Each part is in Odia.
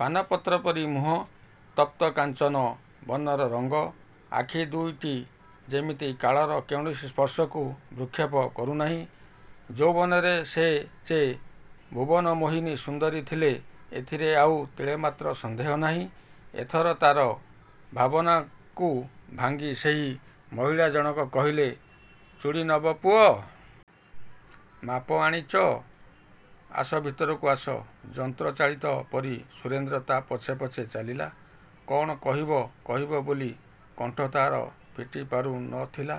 ପାନପତ୍ର ପରି ମୁହଁ, ତପ୍ତ କାଞ୍ଚନ ବର୍ଣ୍ଣର ରଙ୍ଗ, ଆଖି ଦୁଇଟି ଯେମିତି କାଳର କୌଣସି ସ୍ପର୍ଶକୁ ଭ୍ରୂକ୍ଷେପ କରୁନାହିଁ-। ଯୌବନରେ ସେ ଯେ ଭୁବନମୋହିନୀ ସୁନ୍ଦରୀ ଥିଲେ, ଏଥିରେ ଆଉ ତିଳେମାତ୍ର ସନ୍ଦେହ ନାହିଁ-। ଏଥର ତା'ର ଭାବନାକୁ ଭାଙ୍ଗି ସେହି ମହିଳା ଜଣକ କହିଲେ, ଚୁଡ଼ି ନବ ପୁଅ? ମାପ ଆଣିଛ? ଆସ ଭିତରକୁ ଆସ। ଯନ୍ତ୍ରଚାଳିତ ପରି ସୁରେନ୍ଦ୍ର ତା' ପଛେ ପଛେ ଚାଲିଲା। କ'ଣ କହିବ କହିବ ବୋଲି କଣ୍ଠ ତାହାର ଫିଟି ପାରୁ ନ ଥିଲା।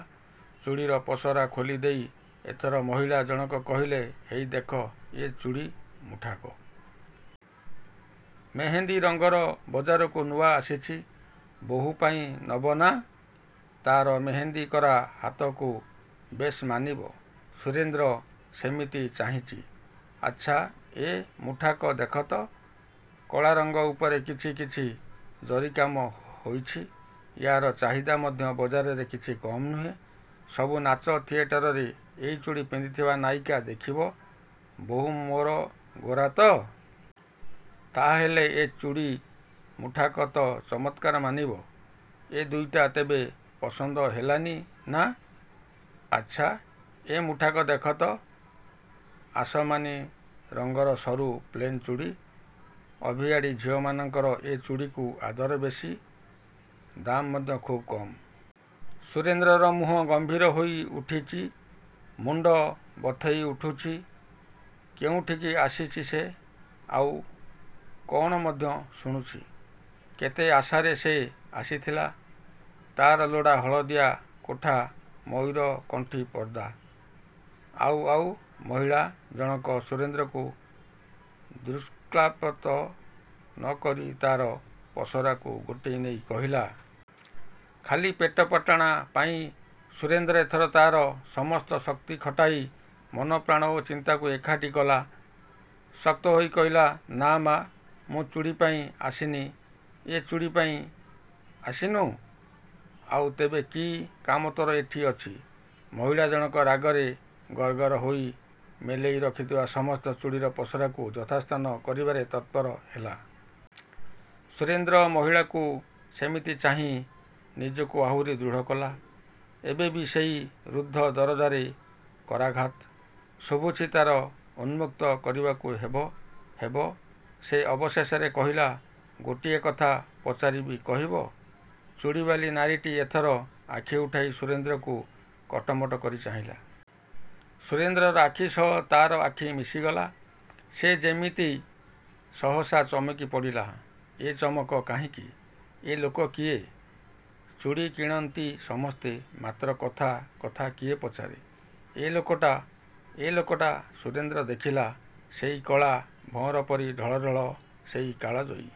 ଚୁଡ଼ିର ପସରା ଖୋଲି ଦେଇ ଏଥର ମହିଳା ଜଣକ କହିଲେ, ହେଇ ଦେଖ, ଏ ଚୁଡ଼ି ମୁଠାକ। ମେହେନ୍ଦି ରଙ୍ଗର ବଜାରକୁ ନୂଆ ଆସିଛି। ବୋହୂ ପାଇଁ ନବ ନାଁ। ତା'ର ମେହେନ୍ଦିକରା ହାତକୁ ବେଶ୍ ମାନିବ। ସୁରେନ୍ଦ୍ର ସେମିତି ଚାହିଁଚି। ଆଚ୍ଛା, ଏ ମୁଠାକ ଦେଖ ତ। କଳା ରଙ୍ଗ ଉପରେ କିଛି କିଛି ଜରି କାମ ହୋଇଛି। ୟାର ଚାହିଦା ମଧ୍ୟ ବଜାରରେ କିଛି କମ୍ ନୁହେଁ, ସବୁ ନାଚ ଥିଏଟରରେ ଏହି ଚୁଡ଼ି ପିନ୍ଧିଥିବା ନାୟିକା ଦେଖିବ, ବୋହୂ ମୋ'ର ଗୋରା ତ? ତା' ହେଲେ ଏ ଚୁଡ଼ି ମୁଠାକ ତ ଚମତ୍କାର ମାନିବ। ଏ ଦୁଇଟା ତେବେ ପସନ୍ଦ ହେଲାନି, ନାଁ? ଆଚ୍ଛା, ଏ ମୁଠାକ ଦେଖ ତ, ଆସମାନି ରଙ୍ଗର ସରୁ ପ୍ଲେନ ଚୁଡ଼ି। ଅଭିଆଡ଼ୀ ଝିଅମାଙ୍କର ଏ ଚୁଡ଼ିକୁ ଆଦର ବେଶୀ, ଦାମ୍ ମଧ୍ୟ ଖୁବ୍ କମ୍-। ସୁରେନ୍ଦ୍ରର ମୁହଁ ଗମ୍ଭୀର ହୋଇ ଉଠିଚି। ମୁଣ୍ଡ ବଥେଇ ଉଠୁଛି, କେଉଁଠିକି ଆସିଛି ସେ-? ଆଉ କ'ଣ ମଧ୍ୟ ଶୁଣୁଛି? କେତେ ଆଶାରେ ସେ ଆସିଥିଲା। ତା'ର ଲୋଡ଼ା ହଳଦିଆ କୋଠା ମୟୂରକଣ୍ଠୀ ପର୍ଦ୍ଦା। ଆଉ-. ଆଉ-. ମହିଳା ଜଣକ ସୁରେନ୍ଦ୍ରକୁ ଦୃକ୍ପାତ ନ କରି, ତା'ର ପସରାକୁ ଗୋଟେଇ ନେଇ କହିଲା-. ଖାଲି ପେଟପାଟଣା ପାଇଁ। ସୁରେନ୍ଦ୍ର ଏଥର ତା'ର ସମସ୍ତ ଶକ୍ତି ଖଟାଇ, ମନ ପ୍ରାଣ ଓ ଚିନ୍ତାକୁ ଏକାଠି କଲା। ଶକ୍ତ ହୋଇ କହିଲା-ନାଁ ମା, ମୁଁ ଚୁଡ଼ିପାଇଁ ଆସିନି। ଏଁ ଚୁଡ଼ିପାଇଁ ଆସିନୁ? ଆଉ ତେବେ କି କାମ ତୋ'ର ଏଠି ଅଛି? ମହିଳା ଜଣକ ରାଗରେ ଗର ଗର ହୋଇ ମେଲେଇ ରଖିଥିବା ସମସ୍ତ ଚୁଡ଼ିର ପସରାକୁ ଯଥାସ୍ଥାନ କରିବାରେ ତତ୍ପର ହେଲା। ସୁରେନ୍ଦ୍ର ମହିଳାକୁ ସେମିତି ଚାହିଁ, ନିଜକୁ ଆହୁରି ଦୃଢ଼ କଲା। ଏବେ ବି ସେହି ରୁଦ୍ଧ ଦରଜାରେ କରାଘାତ। ଶୁଭୁଛି ତାକୁ ଉନ୍ମକ୍ତ କରିବାକୁ ହେବ, ହେବ,। ସେ ଅବଶେଷରେ କହିଲା, ଗୋଟିଏ କଥା ପଚାରିବି, କହିବ? ଚୁଡ଼ିବାଲୀ ନାରୀଟି ଏଥର ଆଖି ଉଠାଇ ସୁରେନ୍ଦ୍ରକୁ କଟମଟ କରି ଚାହିଁଲା। ସୁରେନ୍ଦ୍ରର ଆଖି ସହ ତା'ର ଆଖି ମିଶିଗଲା। ସେ ଯେମିତି ସହସା ଚମକି ପଡ଼ିଲା। ଏ ଚମକ କାହିଁକି? ଏ ଲୋକ କିଏ? ଚୁଡ଼ି କିଣନ୍ତି ସମସ୍ତେ- ମାତ୍ର କଥା, କଥା କିଏ ପଚାରେ? ଏ ଲୋକଟା- ଏ- ଲୋକଟା- ସୁରେନ୍ଦ୍ର ଦେଖିଲା- ସେଇ କଳା ଭଅଁର ପରି ଢଳଢଳ ସେହି କାଳଜୟୀ